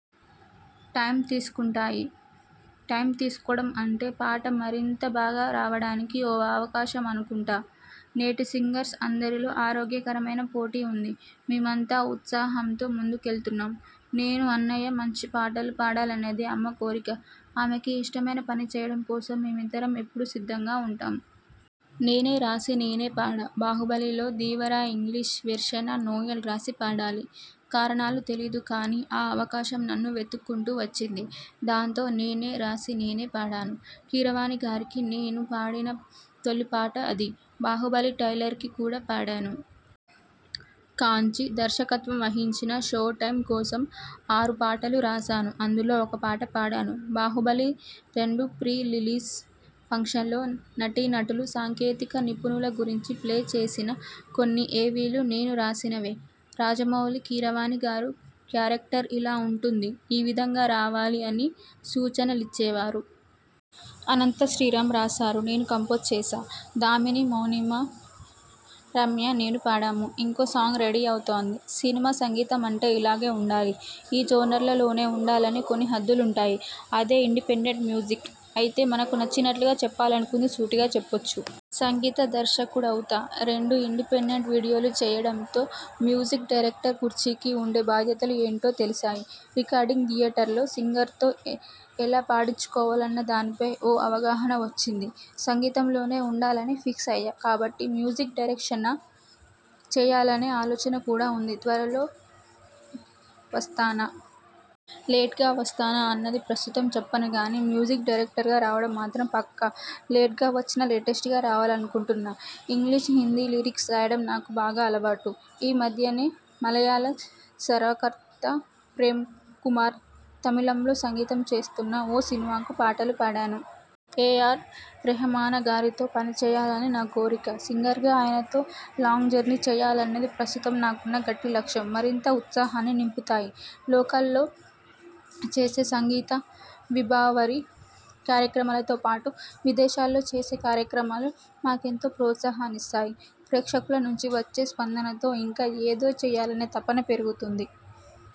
Time తీసుకుంటాయి. Time తీసుకోవడం అంటే పాట మరింత బాగా రావడానికి ఓ అవకాశం అనుకుంటా. నేటి సింగర్స్ అందరిలో ఆరోగ్యకరమైన పోటీ ఉంది. మేమంతా ఉత్సాహంతో ముందుకెళ్తున్నాం. నేను, అన్నయ్య మంచి పాటలు పాడాలనేది అమ్మ కోరిక. ఆమెకి ఇష్టమైన పని చెయ్యడం కోసం మేమిద్దరం ఎప్పుడూ సిద్ధంగా ఉంటాం. నేనే రాసి నేనే పాడాబాహుబలి లో ధీవర ఇంగ్లిష్ వెర్షన నోయల్ రాసి పాడాలి. కారణాలు తెలీదు కానీ ఆ అవకాశం నన్ను వెతుక్కుంటూ వచ్చింది. దాంతో నేనే రాసి నేనే పాడాను. కీరవాణిగారికి నేను పాడిన తొలి పాట అది. బాహుబలి ట్రైలర్స్కి కూడా పాడాను. కాంచీ దర్శకత్వం వహించిన షో టైమ్ కోసం ఆరు పాటలు రాశాను. అందులో ఒక పాట పాడాను. బాహుబలి-రెండు ప్రీ రిలీజ్ ఫంక్షనలో నటీనటులు, సాంకేతిక నిపుణుల గురించి ప్లే చేసిన కొన్ని ఏవీలు నేను రాసినవే. రాజమౌళి, కీరవాణిగారు క్యారెక్టర్ ఇలా ఉంటుంది. ఈ విధంగా రావాలి అని సూచనలిచ్చేవారు. అనంత శ్రీరామ్ రాశారు. నేను కంపోజ్ చేశా. దామిని, మౌనిమ, రమ్య, నేను పాడాము. ఇంకో సాంగ్ రెడీ అవుతోంది. సినిమా సంగీతం అంటే ఇలాగే ఉండాలి, ఈ జోనర్లోనే ఉండాలని కొన్ని హద్దులుంటాయి. అదే ఇండిపెండెంట్ మ్యూజిక్ అయితే మనకు నచ్చినట్లుగా, చెప్పాలనుకున్నది సూటిగా చెప్పొచ్చు. సంగీత దర్శకుడినవుతారెండు ఇండిపెండెంట్ వీడియోలు చెయ్యడంతో మ్యూజిక్ డైరెక్టర్ కుర్చీకి ఉండే బాధ్యతలు ఏంటో తెలిశాయి. రికార్డింగ్ థియేటర్లో సింగర్తో ఎలా పాడించుకోవాలన్న దానిపై ఓ అవగాహన వచ్చింది. సంగీతంలోనే ఉండాలని ఫిక్స్ అయ్యా కాబట్టి మ్యూజిక్ డైరెక్షన చెయ్యాలనే ఆలోచన కూడా ఉంది. త్వరలో వస్తానా.. లేట్గా వస్తానా అన్నది ప్రస్తుతం చెప్పను కానీ మ్యూజిక్ డైరెక్టర్గా రావడం మాత్రం పక్కా. లేట్గా వచ్చినా లేటె్స్టగా రావాలనుకుంటున్నా. ఇంగ్లిష్, హిందీ లిరిక్స్ రాయడం నాకు బాగా అలవాటు. ఈ మధ్యనే మలయాళ స్వరకర్త ప్రేమ్కుమార్ తమిళంలో సంగీతం చేస్తున్న ఓ సినిమాకు పాటలు పాడాను. ఏ. ఆర్. రెహమానగారితో పనిచెయ్యాలని నా కోరిక. సింగర్గా ఆయనతో లాంగ్ జర్నీ చెయ్యాలన్నది ప్రస్తుతం నాకున్న గట్టి లక్ష్యం. మరింత ఉత్సాహాన్ని నింపుతాయి.. లోకల్లో చేసే సంగీత విభావరి కార్యక్రమాలతోపాటు విదేశాల్లో చేసే కార్యక్రమాలు మాకెంతో ప్రోత్సాహాన్నిస్తాయి. ప్రేక్షకుల నుంచి వచ్చే స్పందనతో ఇంకా ఏదో చెయ్యాలనే తపన పెరుగుతుంది.